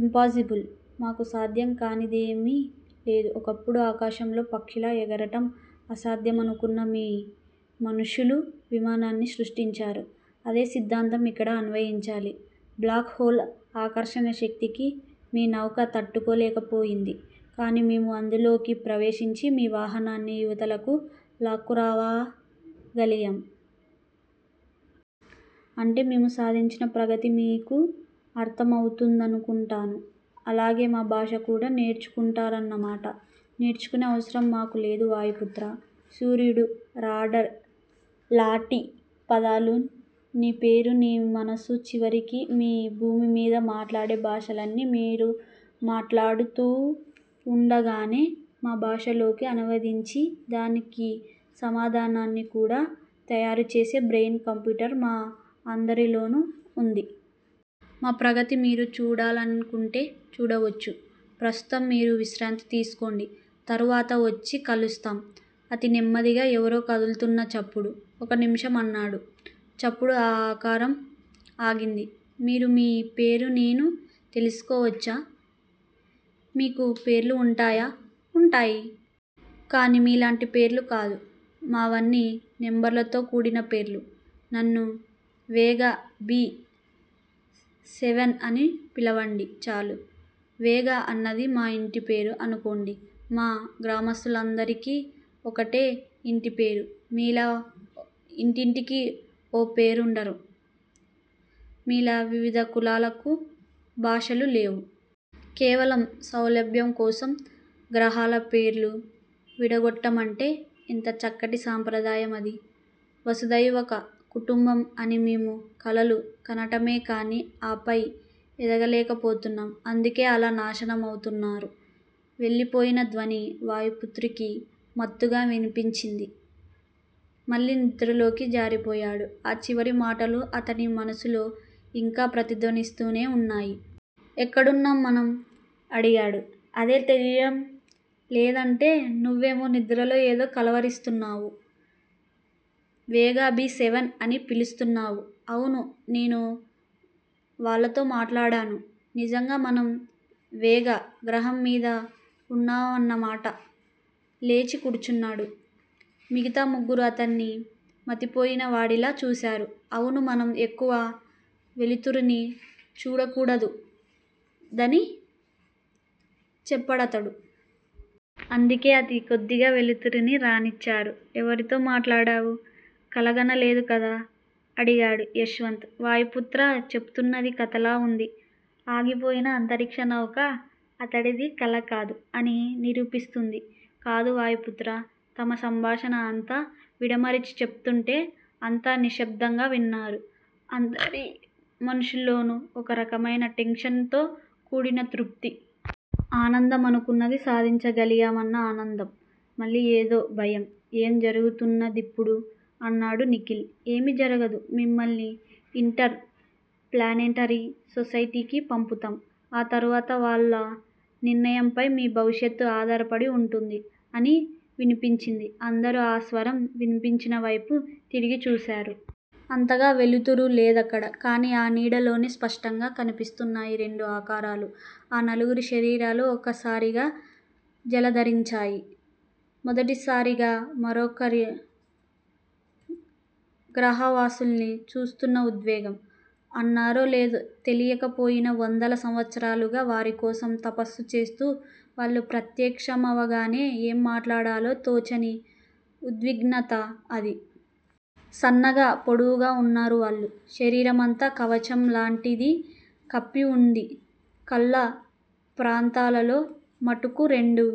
Impossible. మాకు సాధ్యం కానిదేమీ లేదు. ఒకప్పుడు ఆకాశంలో పక్షిలా ఎగరడం అసాధ్యమనుకున్న మీ మనుష్యులు విమానాన్ని సృష్టించారు. అదే సిద్దాంతం ఇక్కడ అన్వయించాలి. బ్లాక్ హోల్ ఆకర్షణ శక్తికి మీ నౌక తట్టుకోలేకపోయింది. కాని మేము అందులోకి ప్రవేశించి మీ వాహనాన్ని యివతలకు లాక్కురాగాలిగాం. అంటే మేము సాధించిన ప్రగతి మీకు అర్థం అవుతుందనుకుంటాను. అలాగే మా భాష కూడా నేర్చుకున్నారన్నమాట. నేర్చుకునే అవసరం మాకు లేదు వాయుపుత్రా. సూర్యుడు, రాడార్ లాటి పదాలు, నీ పేరు, నీ మనసు చివరికి మీ భూమి మీద మాట్లాడే భాషలన్నీ మీరు మాట్లాడుతూవుండగానే మా భాషలోకి అనువదించి దానికి సమాధానాన్ని కూడా తయారుచేసే బ్రెయిన్ కంప్యూటర్ మా అందరిలోనూ వుంది. మా ప్రగతి మీరు చూడాలనుకుంటే చూడవచ్చు. ప్రస్తుతం మీరు విశ్రాంతి తీసుకోండి. తర్వాత వచ్చి కలుస్తాం- అతి నెమ్మదిగా ఎవరో కదులుతున్న చప్పుడు. ఒక్క నిముషం అన్నాడు. చప్పున ఆ ఆకారం ఆగింది. మీరు మీ పేరు నేను తెలుసుకోవచ్చా? మీకు పేర్లు వుంటాయా? ఉంటాయి. కాని మీలాంటి పేర్లు కాదు. మావన్నీ నెంబర్లతో కూడిన పేర్లు. నన్ను వేగా బి సెవెన్ అని పిలవండి చాలు. వేగా అన్నది మా ఇంటిపేరు అనుకోండి. మా గ్రహవాసులందరికీ ఒకటే యింటి పేరు. మీలా ఇంటింటికీ ఓ పేరుండరు. మీలా వివిధ కులాలకు, భాషలు లేవు. కేవలం సౌలభ్యం కోసం గ్రహాల పేర్లు విడగొట్టామంతే. ఎంత చక్కటి సాంప్రదాయం అది. వసుదైక కుటుంబం అని మేము కలలు కనటమేగాని ఆ పైకి ఎదగలేకపోతున్నాం. అందుకే అలా నాశనమవుతున్నారు వెళ్ళిపోయిన ధ్వని వాయుపుత్రకి మత్తుగా వినిపించింది. మళ్లీ నిద్రలోకి జారిపోయాడు. ఆ చివరి మాటలు అతడి మనసులో యింకా ప్రతిధ్వనిస్తూనే వున్నాయి. ఎక్కడున్నాం మనం? అడిగాడు. అదే తెలియడం లేదనుకుంటే, నువ్వేమో నిద్రలో ఏదో కలవరిస్తూన్నావు. వేగా బి సెవెన్ అని పిలుస్తున్నావు. అవును నేను వాళ్ళతో మాట్లాడాను. నిజంగా మనం వేగా గ్రహంమీదే వున్నామన్నమాట లేచి కూర్చున్నాడు. మిగతా ముగ్గురూ అతడిని మతిపోయినవాడిలా చూశారు. అవును మనం ఎక్కువ వెలుతురుని చూడకూడదని చెప్పాడతడు. అందుకే అతి కొద్దిగా వెలుతురునే రానిచ్చారు. ఎవరితో మాట్లాడావు? కలగనలేదుకదా? అడిగాడు యశ్వంత్. వాయుపుత్ర చెపుతున్నది కథలా వుంది. ఆగిపోయిన అంతరిక్ష నౌక అతడిది కలకాదు- అని నిరూపిస్తూంది. కాదు వాయుపుత్ర తమ సంభాషణ అంతా విడమరచి చెపుతుంటే అంతా నిశ్భబ్దంగా విన్నారు. అందరి మనసుల్లోనూ ఒక రకమైన టెన్షన్ తో కూడిన తృప్తి. ఆనందం! అనుకున్నది సాధించగలిగామన్న ఆనందం. మళ్ళీ ఏదో భయం. ఏం జరుగుతున్నదిప్పుడు? అన్నాడు నిఖిల్. ఏమి జరగదు. మిమ్మల్ని ఇంటర్ ప్లానెటరీ సొసైటీకీ పంపుతాం. ఆ తర్వాత వాళ్ళ నిర్ణయంపై మీ భవిష్యత్తు ఆధారపడి వుంటుంది అని వినిపించింది. అందరూ ఆ స్వరం వినిపించినవైపు తిరిగి చూశారు. అంతగా వెలుతురు లేదక్కడ. కానీ ఆ నీడలోనే స్పష్టంగా కనిపిస్తున్నాయి రెండు ఆకారాలు. ఆ నలుగురి శరీరాలు ఒక్కసారిగా జలదరించాయి. మొదటిసారిగా మరొక గ్రహవాసుల్ని చూస్తున్న ఉద్వేగం!! అన్నారో లేదో తెలియక పోయినా, వందల సంవత్సరాలుగా వారికోసం 'తపస్సు' చేస్తూ, వాళ్ళు ప్రత్యక్షమవగానే ఏం మాట్లాడాలో తోచని ఉద్విగ్నత అది. సన్నగా పొడవుగా వున్నారు వాళ్ళు. శరీరమంతా కవచం లాంటిది కప్పి వుంది. కళ్ళ ప్రాంతంలో మటుకు రెండు